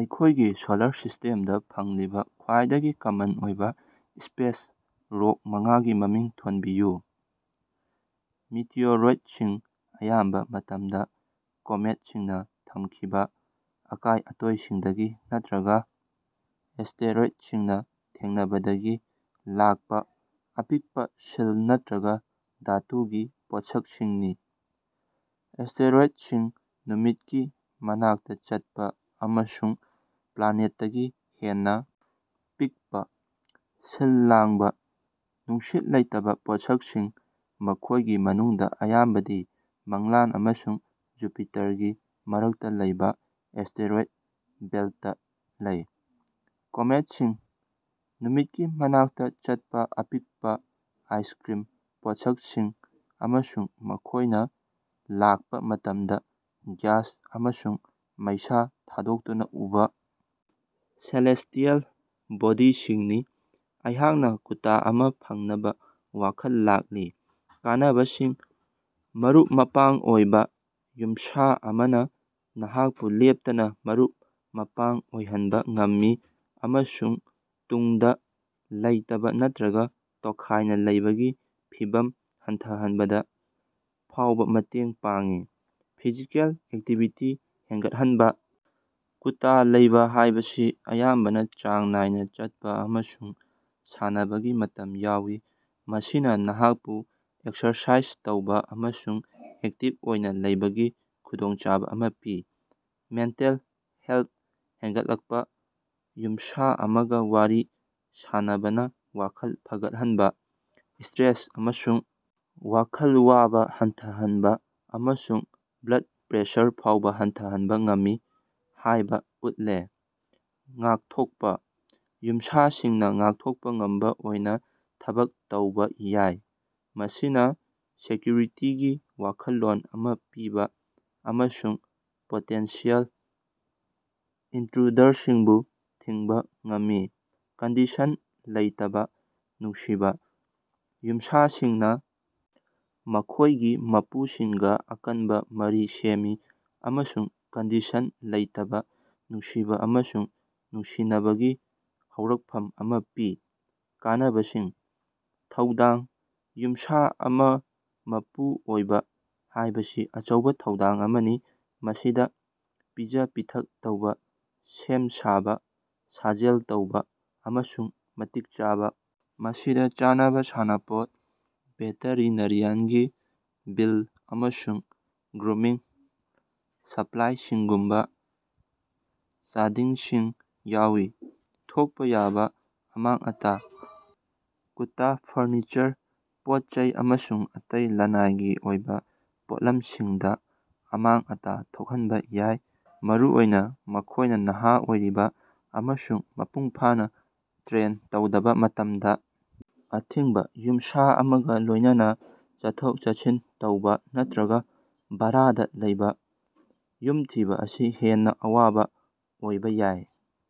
ꯑꯩꯈꯣꯏꯒꯤ ꯁꯣꯂꯥꯔ ꯁꯤꯁ꯭ꯇꯦꯝꯗ ꯐꯪꯂꯤꯕ ꯈ꯭ꯋꯥꯏꯗꯒꯤ ꯀꯃꯟ ꯑꯣꯏꯕ ꯁ꯭ꯄꯦꯁ ꯔꯣꯛ ꯃꯉꯥꯒꯤ ꯃꯃꯤꯡ ꯊꯣꯟꯕꯤꯌꯨ꯫ ꯃꯤꯇꯤꯑꯣꯔꯣꯏꯗꯁꯤꯡ ꯑꯌꯥꯝꯕ ꯃꯇꯝꯗ ꯀꯣꯃꯦꯠꯁꯤꯡꯅ ꯊꯝꯈꯤꯕ ꯑꯀꯥꯏ-ꯑꯇꯣꯏꯁꯤꯡꯗꯒꯤ ꯅꯠꯇ꯭ꯔꯒ ꯑꯦꯁ꯭ꯇꯦꯔꯣꯏꯗꯁꯤꯡꯅ ꯊꯦꯡꯅꯕꯗꯒꯤ ꯂꯥꯛꯄ ꯑꯄꯤꯛꯄ ꯁꯤꯜ ꯅꯠꯇ꯭ꯔꯒ ꯙꯥꯇꯨꯒꯤ ꯄꯣꯠꯁꯛꯁꯤꯡꯅꯤ꯫ ꯑꯦꯁ꯭ꯇꯦꯔꯣꯏꯗꯁꯤꯡ ꯅꯨꯃꯤꯠꯀꯤ ꯃꯅꯥꯛꯇꯆꯠꯄ ꯑꯃꯁꯨꯡ ꯄ꯭ꯂꯥꯅꯦꯠꯇꯒꯤ ꯍꯦꯟꯅ ꯄꯤꯛꯄ ꯁꯤꯜ ꯂꯥꯡꯕꯥ, ꯅꯨꯡꯁꯤꯠ ꯂꯩꯇꯕ ꯄꯣꯠꯁꯛꯁꯤꯡ, ꯃꯈꯣꯏꯒꯤ ꯃꯅꯨꯡꯗ ꯑꯌꯥꯝꯕꯗꯤ ꯃꯪꯂꯥꯟ ꯑꯃꯁꯨꯡ ꯖꯨꯄꯤꯇꯥꯔꯒꯤ ꯃꯔꯛꯇ ꯂꯩꯕ ꯑꯦꯁ꯭ꯇꯦꯔꯣꯏꯗ ꯕꯦꯜꯇ ꯂꯩ꯫ ꯀꯣꯃꯦꯠꯁꯤꯡ ꯅꯨꯃꯤꯠꯀꯤ ꯃꯅꯥꯛꯇ ꯆꯠꯄ ꯑꯄꯤꯛꯄ ꯑꯥꯏꯁꯀ꯭ꯔꯤꯝ ꯄꯣꯠꯁꯛꯁꯤꯡ ꯑꯃꯁꯨꯡ ꯃꯈꯣꯏꯅ ꯂꯥꯛꯄ ꯃꯇꯝꯗ ꯒ꯭ꯌꯥꯁ ꯑꯃꯁꯨꯡ ꯃꯩꯁꯥ ꯊꯥꯗꯣꯛꯇꯨꯅ ꯎꯕ ꯁꯦꯂꯦꯁ꯭ꯇꯤꯑꯦꯜ ꯕꯣꯗꯤꯁꯤꯡꯅꯤ꯫ ꯑꯩꯍꯥꯛꯅ ꯀꯨꯠꯇꯥ ꯑꯃ ꯐꯪꯅꯕ ꯋꯥꯈꯜ ꯂꯥꯛꯂꯤ꯫ ꯀꯥꯟꯅꯕꯁꯤꯡ: ꯃꯔꯨꯞ-ꯃꯄꯥꯡ ꯑꯣꯏꯕ: ꯌꯨꯝꯁꯥ ꯑꯃꯅ ꯅꯍꯥꯛꯄꯨ ꯂꯦꯞꯇꯅ ꯃꯔꯨꯞ-ꯃꯄꯥꯡ ꯑꯣꯏꯍꯟꯕ ꯉꯝꯃꯤ ꯑꯃꯁꯨꯡ ꯇꯪꯗꯨ ꯂꯩꯇꯥꯕꯥ ꯅꯠꯇ꯭ꯔꯒ ꯇꯣꯈꯥꯏꯅ ꯂꯩꯕꯒꯤ ꯐꯤꯚꯝ ꯍꯟꯊꯍꯟꯕꯗ ꯐꯥꯎꯕ ꯃꯇꯦꯡ ꯄꯥꯡꯏ꯫ ꯐꯤꯖꯤꯀꯦꯜ ꯑꯦꯛꯇꯤꯚꯤꯇꯤ ꯍꯦꯟꯒꯠꯍꯟꯕ: ꯀꯨꯠꯇꯥ ꯂꯩꯕ ꯍꯥꯏꯕꯁꯤ ꯑꯌꯥꯝꯕꯅ ꯆꯥꯡ ꯅꯥꯏꯅ ꯆꯠꯄ ꯑꯃꯁꯨꯡ ꯁꯥꯟꯅꯕꯒꯤ ꯃꯇꯝ ꯌꯥꯎꯏ꯫ ꯃꯁꯤꯅ ꯅꯍꯥꯛꯄꯨ ꯑꯦꯛꯁꯔꯁꯥꯏꯖ ꯇꯧꯕ ꯑꯃꯁꯨꯡ ꯑꯦꯛꯇꯤꯚ ꯑꯣꯏꯅ ꯂꯩꯕꯒꯤ ꯈꯨꯗꯣꯡꯆꯥꯕ ꯑꯃ ꯄꯤ꯫ ꯃꯦꯟꯇꯦꯜ ꯍꯦꯜꯊ ꯍꯦꯟꯒꯠꯂꯛꯄ: ꯌꯨꯝꯁꯥ ꯑꯃꯒ ꯋꯥꯔꯤ ꯁꯥꯅꯕꯅ ꯋꯥꯈꯜ ꯐꯒꯠꯍꯟꯕ, ꯁ꯭ꯇꯔꯦꯁ ꯑꯃꯁꯨꯡ ꯋꯥꯈꯜ ꯋꯥꯕ ꯍꯟꯊꯍꯟꯕ, ꯑꯃꯁꯨꯡ ꯕ꯭ꯂꯗ ꯄ꯭ꯔꯦꯁꯔ ꯐꯥꯎꯕ ꯍꯟꯊꯍꯟꯕ ꯉꯝꯃꯤ ꯍꯥꯏꯕ ꯎꯠꯂꯦ꯫ ꯉꯥꯛꯊꯣꯛꯄ: ꯌꯨꯝꯁꯥꯁꯤꯡꯅ ꯉꯥꯛꯊꯣꯛꯄ ꯉꯝꯕ ꯑꯣꯏꯅ ꯊꯕꯛ ꯇꯧꯕ ꯌꯥꯏ꯫ ꯃꯁꯤꯅ ꯁꯦꯀ꯭ꯌꯨꯔꯤꯇꯤꯒꯤ ꯋꯥꯈꯜꯂꯣꯟ ꯑꯃ ꯄꯤꯕ ꯑꯃꯁꯨꯡ ꯄꯣꯇꯦꯟꯁꯤꯑꯦꯜ ꯏꯅꯇ꯭ꯔꯨꯗꯔꯁꯤꯡꯕꯨ ꯊꯤꯡꯕ ꯉꯝꯃꯤ꯫ ꯀꯟꯗꯤꯁꯟ ꯂꯩꯇꯕ ꯅꯨꯡꯁꯤꯕ: ꯌꯨꯝꯁꯥꯁꯤꯡꯅ ꯃꯈꯣꯏꯒꯤ ꯃꯄꯨꯁꯤꯡꯒ ꯑꯀꯟꯕ ꯃꯔꯤ ꯁꯦꯝꯃꯤ ꯑꯃꯁꯨꯡ ꯀꯟꯗꯤꯁꯟ ꯂꯩꯇꯕ ꯅꯨꯡꯁꯤꯕ ꯑꯃꯁꯨꯡ ꯅꯨꯡꯁꯤꯅꯕꯒꯤ ꯍꯧꯔꯛꯐꯝ ꯑꯃ ꯄꯤ꯫ ꯀꯥꯟꯅꯕꯁꯤꯡ: ꯊꯧꯗꯥꯡ: ꯌꯨꯝꯁꯥ ꯑꯃ ꯃꯄꯨ ꯑꯣꯏꯕ ꯍꯥꯏꯕꯁꯤ ꯑꯆꯧꯕ ꯊꯧꯗꯥꯡ ꯑꯃꯅꯤ꯫ ꯃꯁꯤꯗ ꯄꯤꯖ-ꯄꯤꯊꯛ ꯇꯧꯕ ꯁꯦꯝ-ꯁꯥꯕ ꯁꯥꯖꯦꯜ ꯇꯧꯕ ꯑꯃꯁꯨꯡ ꯃꯇꯤꯛ ꯆꯥꯕ ꯃꯁꯤꯗ ꯆꯥꯅꯕ, ꯁꯥꯟꯅꯄꯣꯠ, ꯚꯦꯇꯔꯤꯅꯔꯤꯌꯥꯟꯒꯤ ꯕꯤꯜ, ꯑꯃꯁꯨꯡ ꯒ꯭ꯔꯨꯃꯤꯡ ꯁꯞꯂꯥꯏꯁꯤꯡꯒꯨꯝꯕ ꯆꯥꯗꯤꯡꯁꯤꯡ ꯌꯥꯎꯏ꯫ ꯊꯣꯛꯄ ꯌꯥꯕ ꯑꯃꯥꯡ-ꯑꯇꯥ: ꯀꯨꯠꯇꯥ ꯐꯔꯅꯤꯆꯔ, ꯄꯣꯠ-ꯆꯩ ꯑꯃꯁꯨꯡ ꯑꯇꯩ ꯂꯅꯥꯏꯒꯤ ꯑꯣꯏꯕ ꯄꯣꯠꯂꯝꯁꯤꯡꯗ ꯑꯃꯥꯡ-ꯑꯇꯥ ꯊꯣꯛꯍꯟꯕ ꯌꯥꯏ꯫ ꯃꯔꯨꯑꯣꯏꯅ ꯃꯈꯣꯏꯅ ꯅꯍꯥ ꯑꯣꯏꯔꯤꯕ ꯑꯃꯁꯨꯡ ꯃꯄꯨꯡꯐꯥꯅ ꯇ꯭ꯔꯦꯟ ꯇꯧꯗꯕ ꯃꯇꯝꯗ꯫ ꯑꯊꯤꯡꯕ: ꯌꯨꯝꯁꯥ ꯑꯃꯒ ꯂꯣꯏꯅꯅ ꯆꯠꯊꯣꯛ-ꯆꯠꯁꯤꯟ ꯇꯧꯕ ꯅꯠꯇ꯭ꯔꯒ ꯚꯥꯔꯥꯗ ꯂꯩꯕ ꯌꯨꯝ ꯊꯤꯕ ꯑꯁꯤ ꯍꯦꯟꯅ ꯑꯋꯥꯕ ꯑꯣꯏꯕ ꯌꯥꯏ꯫